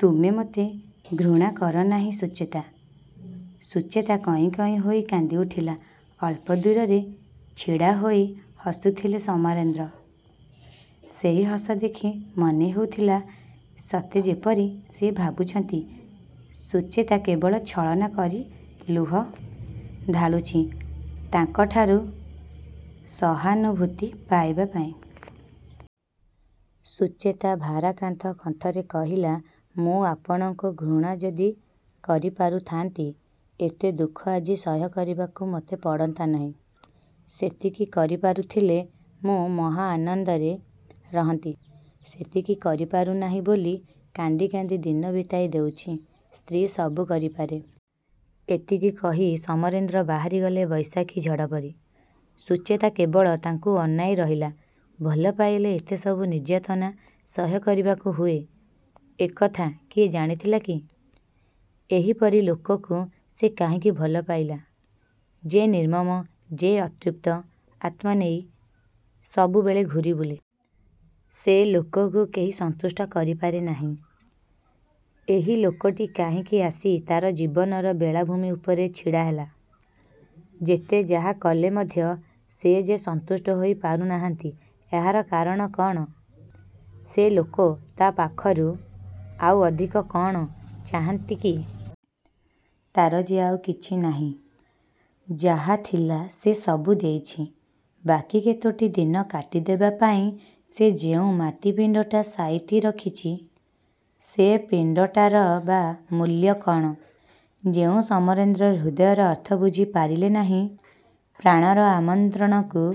ତୁମେ ମୋତେ ଘୃଣା କରନାହିଁ ସୁଚେତା? '' ସୁଚେତା କଇଁ କଇଁ ହୋଇ କାନ୍ଦିଉଠିଲା। ଅଳ୍ପ ଦୂରରେ ଛିଡ଼ାହୋଇ ହସୁଥିଲେ ସମରେନ୍ଦ୍ର। ସେହି ହସ ଦେଖି ମନେହେଉଥିଲା ସତେ ଯେପରି ସେ ଭାବୁଛନ୍ତି ସୁଚେତା କେବଳ ଛଳନା କରି ଲୁହ ଢାଳୁଛି ତାଙ୍କଠାରୁ ସହାନୁଭୂତି ପାଇବା ପାଇଁ। ସୁଚେତା ଭାରାକ୍ରାନ୍ତ କଣ୍ଠରେ କହିଲା ''ମୁଁ ଆପଣଙ୍କୁ ଘୃଣା ଯଦି କରିପାରୁଥାନ୍ତି ଏତେ ଦୁଃଖ ଆଜି ସହ୍ୟ କରିବାକୁ ମୋତେ ପଡ଼ନ୍ତା ନାହିଁ। ସେତିକି କରିପାରୁଥିଲେ ମୁଁ ମହାଆନନ୍ଦରେ ରହନ୍ତି। ସେତିକି କରିପାରୁନାହିଁ ବୋଲି କାନ୍ଦି କାନ୍ଦି ଦିନ ବିତାଇ ଦେଉଛି। ''ସ୍ତ୍ରୀ ସବୁ କରିପାରେ। '' ଏତିକି କହି ସମରେନ୍ଦ୍ର ବାହାରିଗଲେ ବୈଶାଖୀ ଝଡ଼ ପରି। ସୁଚେତା କେବଳ ତାଙ୍କୁ ଅନାଇ ରହିଲା। ଭଲ ପାଇଲେ ଏତେ ସବୁ ନିର୍ଯ୍ୟାତନା ସହ୍ୟ କରିବାକୁ ହୁଏ ଏକଥା କିଏ ଜାଣିଥିଲା କି-? ଏହିପରି ଲୋକକୁ ସେ କାହିଁକି ଭଲପାଇଲା? ଯେ ନିର୍ମମ ଯେ ଅତୃପ୍ତ ଆତ୍ମା ନେଇ ସବୁବେଳେ ଘୂରିବୁଲେ। ସେ ଲୋକକୁ କେହି ସନ୍ତୁଷ୍ଟ କରିପାରେ ନାହିଁ। ଏହି ଲୋକଟି କାହିଁକି ଆସି ତା'ର ଜୀବନର ବେଳାଭୂମି ଉପରେ ଛିଡ଼ାହେଲା? ଯେତେ ଯାହାକଲେ ମଧ୍ୟ ସେ ଯେ ସନ୍ତୁଷ୍ଟ ହୋଇ ପାରୁନାହାନ୍ତି ଏହାର କାରଣ କ'ଣ? ସେ ଲୋକ ତା' ପାଖରୁ ଆଉ ଅଧିକ କ'ଣ ଚାହାଁନ୍ତି କି? ତା'ର ଯେ ଆଉ କିଛିନାହିଁ। ଯାହାଥିଲା ସେ ସବୁ ଦେଇଛି। ବାକି କେତୋଟି ଦିନ କାଟିଦେବା ପାଇଁ ସେ ଯେଉଁ ମାଟି ପିଣ୍ଡଟା ସାଇତି ରଖିଛି ସେ ପିଣ୍ଡଟାର ବା ମୂଲ୍ୟ କ'ଣ? ଯେଉଁ ସମରେନ୍ଦ୍ର ହୃଦୟର ଅର୍ଥ ବୁଝି ପାରିଲେ ନାହିଁ, ପ୍ରାଣର ଆମନ୍ତ୍ରଣକୁ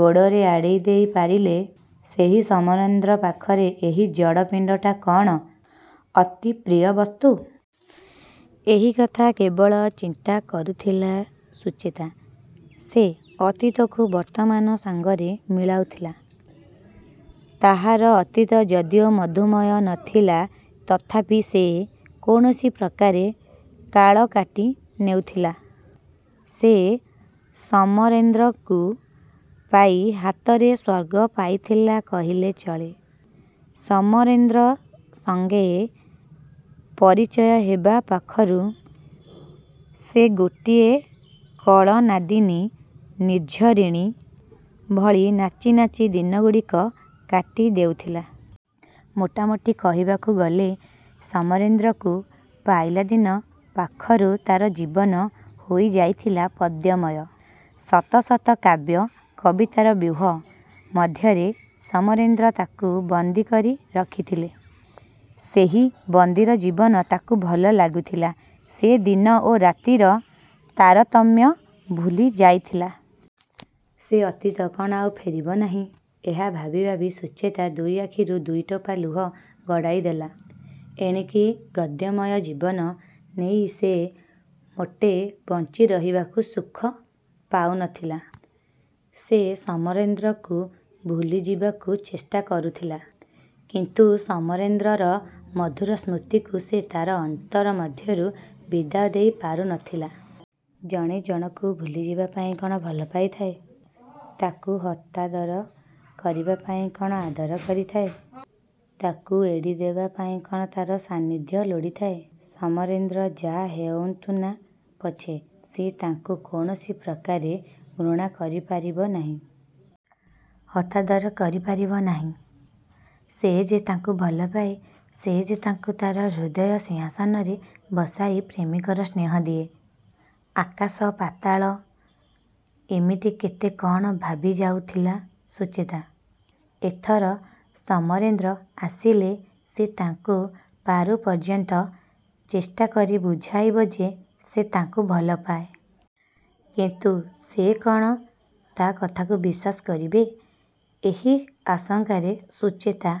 ଗୋଡ଼ରେ ଆଡ଼େଇ ଦେଇ ପାରିଲେ ସେହି ସମରେନ୍ଦ୍ର ପାଖରେ ଏହି ଜଡ଼ ପିଣ୍ଡଟା କ'ଣ ଅତି ପ୍ରିୟବସ୍ତୁ? ଏହି କଥା କେବଳ ଚିନ୍ତା କରୁଥିଲା ସୁଚେତା। ସେ ଅତୀତକୁ ବର୍ତ୍ତମାନ ସାଙ୍ଗରେ ମିଳାଉଥିଲା। ତାହାର ଅତୀତ ଯଦିଓ ମଧୁମୟ ନ ଥିଲା ତଥାପି ସେ କୌଣସି ପ୍ରକାରେ କାଳକାଟି ନେଉଥିଲା। ସେ ସମରେନ୍ଦ୍ରକୁ ପାଇ ହାତରେ ସ୍ୱର୍ଗ ପାଇଥିଲା କହିଲେ ଚଳେ। ସମରେନ୍ଦ୍ର ସଙ୍ଗେ ପରିଚୟ ହେବା ପାଖରୁ ସେ ଗୋଟିଏ କଳନାଦିନୀ ନିର୍ଝରିଣୀ ଭଳି ନାଚି ନାଚି ଦିନଗୁଡ଼ିକ କାଟି ଦେଉଥିଲା। ମୋଟାମୋଟି କହିବାକୁ ଗଲେ ସମରେନ୍ଦ୍ରକୁ ପାଇଲା ଦିନ ପାଖରୁ ତା'ର ଜୀବନ ହୋଇଯାଇଥିଲା ପଦ୍ୟମୟ। ଶତ ଶତ କାବ୍ୟ କବିତାର ବ୍ୟୁହ ମଧ୍ୟରେ ସମରେନ୍ଦ୍ର ତାକୁ ବନ୍ଦୀକରି ରଖିଥିଲେ। ସେହି ବନ୍ଦୀର ଜୀବନ ତାକୁ ଭଲ ଲାଗୁଥିଲା। ସେ ଦିନ ଓ ରାତିର ତାରତମ୍ୟ ଭୁଲି ଯାଇଥିଲା। ସେ ଅତୀତ କ'ଣ ଆଉ ଫେରିବ ନାହିଁ? ଏହା ଭାବି ଭାବି ସୁଚେତା ଦୁଇ ଆଖିରୁ ଦୁଇ ଟୋପା ଲୁହ ଗଡ଼ାଇ ଦେଲା। ଏଣିକି ଗଦ୍ୟମୟ ଜୀବନ ନେଇ ସେ ମୋଟେ ବଞ୍ଚିରହିବାକୁ ସୁଖ ପାଉନଥିଲା। ସେ ସମରେନ୍ଦ୍ରକୁ ଭୁଲି ଯିବାକୁ ଚେଷ୍ଟା କରୁଥିଲା; କିନ୍ତୁ ସମରେନ୍ଦ୍ରର ମଧୁର ସ୍ମୃତିକୁ ସେ ତା'ର ଅନ୍ତର ମଧ୍ୟରୁ ବିଦାୟ ଦେଇ ପାରୁନଥିଲା। ଜଣେ ଜଣକୁ ଭୁଲି ଯିବା ପାଇଁ କ'ଣ ଭଲ ପାଇଥାଏ? ତାକୁ ହତାଦର କରିବା ପାଇଁ କ'ଣ ଆଦର କରିଥାଏ? ତାକୁ ଏଡ଼ିଦେବା ପାଇଁ କ'ଣ ତା'ର ସାନିଧ୍ୟ ଲୋଡ଼ିଥାଏ? ସମରେନ୍ଦ୍ର ଯାହା ହେଉନ୍ତୁନା ପଛେ ସେ ତାଙ୍କୁ କୌଣସି ପ୍ରକାରେ ଘୃଣା କରିପାରିବ ନାହିଁ। ହତାଦର କରିପାରିବ ନାହିଁ। ସେ ଯେ ତାଙ୍କୁ ଭଲପାଏ। ସେ ଯେ ତାଙ୍କୁ ତା'ର ହୃଦୟ ସିଂହାସନରେ ବସାଇ ପ୍ରେମିକର ସ୍ନେହ ଦିଏ। ଆକାଶ, ପାତାଳ ଏମିତି କେତେ କ'ଣ ଭାବିଯାଉଥିଲା ସୁଚେତା। ଏଥର ସମରେନ୍ଦ୍ର ଆସିଲେ ସେ ତାଙ୍କୁ ପାରୁପର୍ଯ୍ୟନ୍ତ ଚେଷ୍ଟାକରି ବୁଝାଇବ ଯେ ସେ ତାଙ୍କୁ ଭଲପାଏ। କିନ୍ତୁ ସେ କ'ଣ ତା' କଥାକୁ ବିଶ୍ୱାସ କରିବେ? ଏହି ଆଶଙ୍କାରେ ସୁଚେତା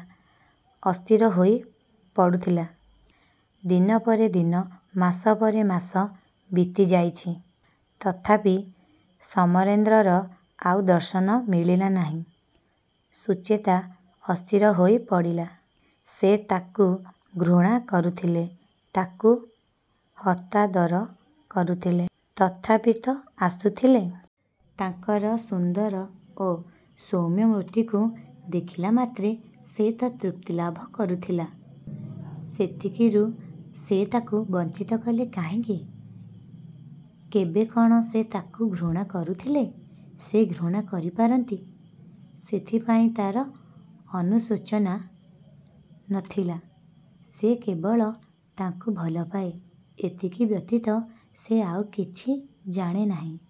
ଅସ୍ଥିର ହୋଇପଡ଼ୁଥିଲା। ଦିନ ପରେ ଦିନ, ମାସ ପରେ ମାସ ବିତିଯାଇଛି। ତଥାପି ସମରେନ୍ଦ୍ରର ଆଉ ଦର୍ଶନ ମିଳିଲା ନାହିଁ। ସୁଚେତା ଅସ୍ଥିର ହୋଇପଡ଼ିଲା। ସେ ତାକୁ ଘୃଣା କରୁଥିଲେ, ତାକୁ ହତାଦର କରୁଥିଲେ, ତଥାପି ତ ଆସୁଥିଲେ। ତାଙ୍କର ସୁନ୍ଦର ଓ ସୌମ୍ୟ ମୂର୍ତ୍ତିକୁ ଦେଖିଲାମାତ୍ରେ ସେ ତ ତୃପ୍ତିଲାଭ କରୁଥିଲା। ସେତିକିରୁ ସେ ତାକୁ ବଞ୍ଚିତ କଲେ କାହିଁକି? କେବେ କ'ଣ ସେ ତାକୁ ଘୃଣା କରୁଥିଲେ? ସେ ଘୃଣା କରିପାରନ୍ତି, ସେଥିପାଇଁ ତା'ର ଅନୁଶୋଚନା ନ ଥିଲା। ସେ କେବଳ ତାଙ୍କୁ ଭଲପାଏ, ଏତିକି ବ୍ୟତୀତ ସେ ଆଉ କିଛି ଜାଣେ ନାହିଁ।